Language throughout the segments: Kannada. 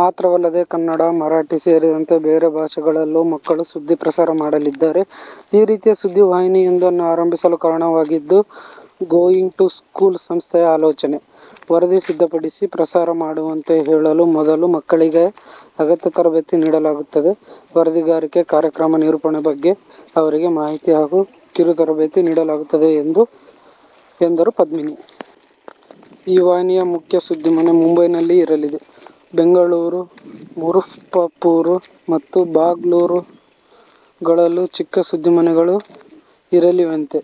ಮಾತ್ರವಲ್ಲದೆ ಕನ್ನಡ, ಮರಾಠಿ ಸೇರಿದಂತೆ ಬೇರೆ ಬೇರೆ ಭಾಷೆಗಳಲ್ಲೂ ಮಕ್ಕಳು ಸುದ್ದಿ ಪ್ರಸಾರ ಮಾಡಲಿದ್ದಾರೆ. ಈ ರೀತಿಯ ಸುದ್ದಿ ವಾಹಿನಿಯೊಂದನ್ನು ಆರಂಭಿಸಲು ಕಾರಣವಾಗಿದ್ದು ಗೋಯಿಂಗ್ ಟು ಸ್ಕೂಲ್ ಸಂಸ್ಥೆಯ ಆಲೋಚನೆ. ವರದಿ ಸಿದ್ಧಪಡಿಸಿ, ಪ್ರಸಾರ ಮಾಡುವಂತೆ ಹೇಳುವ ಮೊದಲು ಮಕ್ಕಳಿಗೆ ಅಗತ್ಯ ತರಬೇತಿ ನೀಡಲಾಗುತ್ತದೆ. ವರದಿಗಾರಿಕೆ, ಕಾರ್ಯಕ್ರಮ ನಿರೂಪಣೆ ಬಗ್ಗೆ ಅವರಿಗೆ ಮಾಹಿತಿ ಹಾಗೂ ಕಿರು ತರಬೇತಿ ನೀಡಲಾಗುತ್ತದೆ' ಎಂದರು ಪದ್ಮಿನಿ. ಈ ವಾಹಿನಿಯ ಮುಖ್ಯ 'ಸುದ್ದಿಮನೆ' ಮುಂಬೈನಲ್ಲಿ ಇರಲಿದೆ. ಬೆಂಗಳೂರು, ಮುಝಫ್ಫರ್ಪುರ ಮತ್ತು ಭಾಗಲ್ಪುರಗಳಲ್ಲೂ ಚಿಕ್ಕ 'ಸುದ್ದಿಮನೆ'ಗಳು ಇರಲಿವೆಯಂತೆ.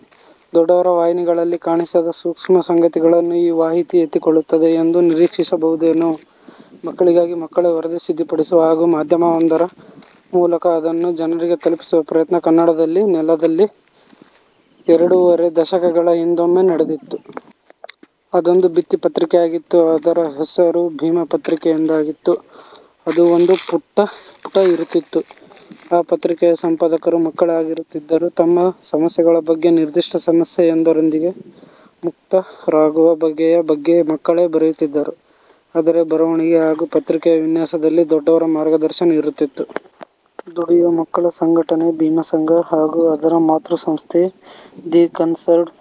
ದೊಡ್ಡವರ ವಾಹಿನಿಗಳಲ್ಲಿ ಕಾಣಿಸದ ಸೂಕ್ಷ್ಮ ಸಂಗತಿಗಳನ್ನು ಈ ವಾಹಿತಿ ಎತ್ತಿಕೊಳ್ಳುತ್ತದೆ ಎಂದು ನಿರೀಕ್ಷಿಸಬಹುದೇನೋ. ಮಕ್ಕಳಿಗಾಗಿ ಮಕ್ಕಳೇ ವರದಿ ಸಿದ್ಧಪಡಿಸುವ ಹಾಗೂ ಮಾಧ್ಯಮವೊಂದರ ಮೂಲಕ ಅದನ್ನು ಜನರಿಗೆ ತಲುಪಿಸುವ ಪ್ರಯತ್ನ ಕನ್ನಡದ ನೆಲದಲ್ಲಿ ಎರಡೂವರೆ ದಶಕಗಳ ಹಿಂದೊಮ್ಮೆ ನಡೆದಿತ್ತು. ಅದೊಂದು ಭಿತ್ತಿ ಪತ್ರಿಕೆ ಆಗಿತ್ತು. ಅದರ ಹೆಸರು 'ಭೀಮ ಪತ್ರಿಕೆ' ಎಂದಾಗಿತ್ತು. ಅದು ಒಂದು ಪುಟ ಇರುತ್ತಿತ್ತು. ಆ ಪತ್ರಿಕೆಯ ಸಂಪಾದಕರು ಮಕ್ಕಳೇ ಆಗಿರುತ್ತಿದ್ದರು. ತಮ್ಮ ಸಮಸ್ಯೆಗಳ ಬಗ್ಗೆ, ನಿರ್ದಿಷ್ಟ ಸಮಸ್ಯೆಯೊಂದರಿಂದ ಮುಕ್ತರಾಗುವ ಬಗೆಯ ಬಗ್ಗೆ ಮಕ್ಕಳೇ ಬರೆಯುತ್ತಿದ್ದರು. ಆದರೆ ಬರವಣಿಗೆ ಹಾಗೂ ಪತ್ರಿಕೆಯ ವಿನ್ಯಾಸದಲ್ಲಿ ದೊಡ್ಡವರ ಮಾರ್ಗದರ್ಶನ ಇರುತ್ತಿತ್ತು. ದುಡಿಯುವ ಮಕ್ಕಳ ಸಂಘಟನೆ 'ಭೀಮ ಸಂಘ' ಹಾಗೂ ಅದರ ಮಾತೃ ಸಂಸ್ಥೆ 'the concerned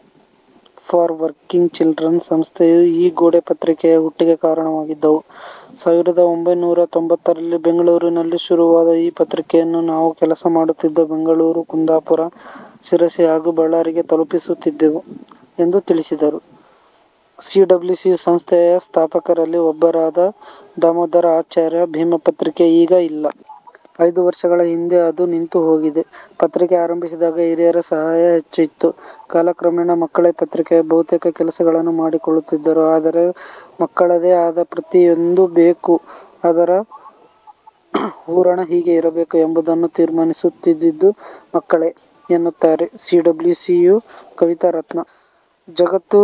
for working children' ಸಂಸ್ಥೆಯು ಈ ಗೋಡೆಪತ್ರಿಕೆಯ ಹುಟ್ಟಿಗೆ ಕಾರಣವಾಗಿದ್ದವು. 'ಸಾವಿರದ ಒಂಭೈನೂರ ತೊಂಭತ್ತರಲ್ಲಿ ಬೆಂಗಳೂರಿನಲ್ಲಿ ಶುರುವಾದ ಈ ಪತ್ರಿಕೆಯನ್ನು ನಾವು ಕೆಲಸ ಮಾಡುತ್ತಿದ್ದ ಬೆಂಗಳೂರು, ಕುಂದಾಪುರ, ಶಿರಸಿ ಹಾಗೂ ಬಳ್ಳಾರಿಗೆ ತಲುಪಿಸುತ್ತಿದ್ದೆವು' ಎಂದು ತಿಳಿಸಿದರು ಸಿಡಬ್ಲ್ಯೂಸಿ ಸಂಸ್ಥೆಯ ಸ್ಥಾಪಕರಲ್ಲಿ ಒಬ್ಬರಾದ ದಾಮೋದರ ಆಚಾರ್ಯ 'ಭೀಮ ಪತ್ರಿಕೆ' ಈಗ ಇಲ್ಲ. ಐದು ವರ್ಷಗಳ ಹಿಂದೆ ಅದು ನಿಂತುಹೋಗಿದೆ. 'ಪತ್ರಿಕೆ ಆರಂಭಿಸಿದಾಗ ಹಿರಿಯರ ಸಹಾಯ ಹೆಚ್ಚು ಇತ್ತು. ಕಾಲಕ್ರಮೇಣ ಮಕ್ಕಳೇ ಪತ್ರಿಕೆಯ ಬಹುತೇಕ ಕೆಲಸಗಳನ್ನು ಮಾಡಿಕೊಳ್ಳುತ್ತಿದ್ದರು. ಆದರೆ, ಮಕ್ಕಳದೇ ಆದ ಪತ್ರಿಕೆಯೊಂದು ಬೇಕು, ಅದರ ಹೂರಣ ಹೀಗೇ ಇರಬೇಕು ಎಂಬುದನ್ನು ತೀರ್ಮಾನಿಸುತ್ತಿದ್ದುದು ಮಕ್ಕಳೇ' ಎನ್ನುತ್ತಾರೆ ಸಿಡಬ್ಲ್ಯೂಸಿಯ ಕವಿತಾ ರತ್ನಾ. ಜಗತ್ತು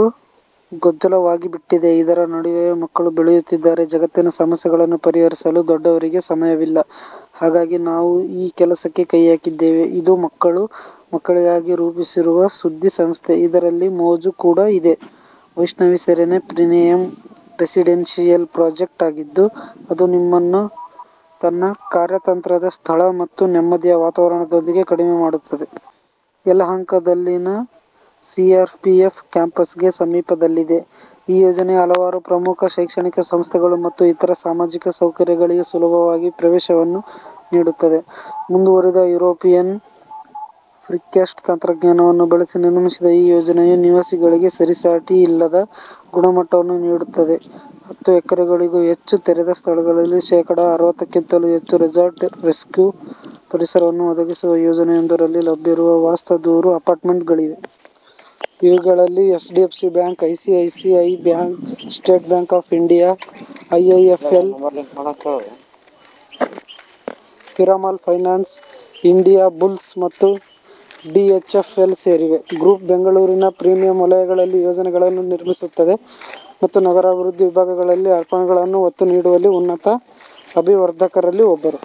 ಗೋಜಲಾಗಿಬಿಟ್ಟಿದೆ. ಇದರ ನಡುವೆಯೇ ಮಕ್ಕಳು ಬೆಳೆಯುತ್ತಿದ್ದಾರೆ. ಜಗತ್ತಿನ ಸಮಸ್ಯೆಗಳನ್ನು ಪರಿಹರಿಸಲು ದೊಡ್ಡವರಿಗೆ ಸಮಯವಿಲ್ಲ. ಹಾಗಾಗಿ ನಾವು ಈ ಕೆಲಸಕ್ಕೆ ಕೈಹಾಕಿದ್ದೇವೆ. ಇದು ಮಕ್ಕಳು, ಮಕ್ಕಳಿಗಾಗಿ ರೂಪಿಸಿರುವ ಸುದ್ಧಿ ಸಂಸ್ಥೆ. ಇದರಲ್ಲಿ ಮೋಜು ಕೂಡ ಇದೆ. Vaishnavi serene premium residential project ಆಗಿದ್ದು, ಅದು ನಿಮ್ಮನ್ನು ತನ್ನ ಕಾರ್ಯತಂತ್ರದ ಸ್ಥಳ ಮತ್ತು ನೆಮ್ಮದಿಯ ವಾತಾವರಣದೊಂದಿಗೆ ಕಡಿಮೆ ಮಾಡುತ್ತದೆ. ಯಳಹಂಕಾದಲ್ಲಿನ ಸಿಆರ್ಪಿಎಫ್ ಕ್ಯಾಂಪಸ್ಗೆ ಸಮೀಪದಲ್ಲಿದೆ, ಈ ಯೋಜನೆಯು ಹಲವಾರು ಪ್ರಮುಖ ಶೈಕ್ಷಣಿಕ ಸಂಸ್ಥೆಗಳು ಮತ್ತು ಇತರ ಸಾಮಾಜಿಕ ಸೌಕರ್ಯಗಳಿಗೆ ಸುಲಭವಾಗಿ ಪ್ರವೇಶವನ್ನು ನೀಡುತ್ತದೆ. ಮುಂದುವರಿದ ಯುರೋಪಿಯನ್ ಪ್ರಿಕ್ಯಾಸ್ಟ್ ತಂತ್ರಜ್ಞಾನವನ್ನು ಬಳಸಿ ನಿರ್ಮಿಸಿದ ಈ ಯೋಜನೆಯು ನಿವಾಸಿಗಳಿಗೆ ಸರಿಸಾಟಿಯಿಲ್ಲದ ಗುಣಮಟ್ಟವನ್ನು ನೀಡುತ್ತದೆ. ಹತ್ತು ಎಕರೆಗಳಿಗೂ ಹೆಚ್ಚು ತೆರೆದ ಸ್ಥಳಗಳಲ್ಲಿ ಶೆಕಡಾ ಅರವತ್ತಕ್ಕಿಂತಲೂ ಹೆಚ್ಚು ರೆಸಾರ್ಟ್ ಎಸ್ಕ್ಯೂ ಪರಿಸರವನ್ನು ಒದಗಿಸುವ ಯೋಜನೆಯೊಂದರಲ್ಲಿ ಲಭ್ಯವಿರುವ ವಾಸ್ತ ದೂರು ಅಪಾರ್ಟ್ಮೆಂಟ್ಗಳಿವೆ. ಇವುಗಳಲ್ಲಿ HDFC bank, ICICI bank, state bank of India, IIFL, Piramal Finance, Indiabulls ಮತ್ತು ಡಿಎಚ್ಎಫ್ಎಲ್ ಸೇರಿವೆ. ಗ್ರೂಪ್ ಬೆಂಗಳೂರಿನ ಪ್ರೀಮಿಯಂ ವಲಯಗಳಲ್ಲಿ ಯೋಜನೆಗಳನ್ನು ನಿರ್ಮಿಸುತ್ತದೆ ಮತ್ತು ನಗರಾಭಿವೃದ್ಧಿ ವಿಭಾಗದಲ್ಲಿ ಅರ್ಪಣೆಗಳನ್ನು ಒತ್ತು ನೀಡುವಲ್ಲಿ ಉನ್ನತ ಅಭಿವರ್ಧಕರಲ್ಲಿ ಒಬ್ಬರು.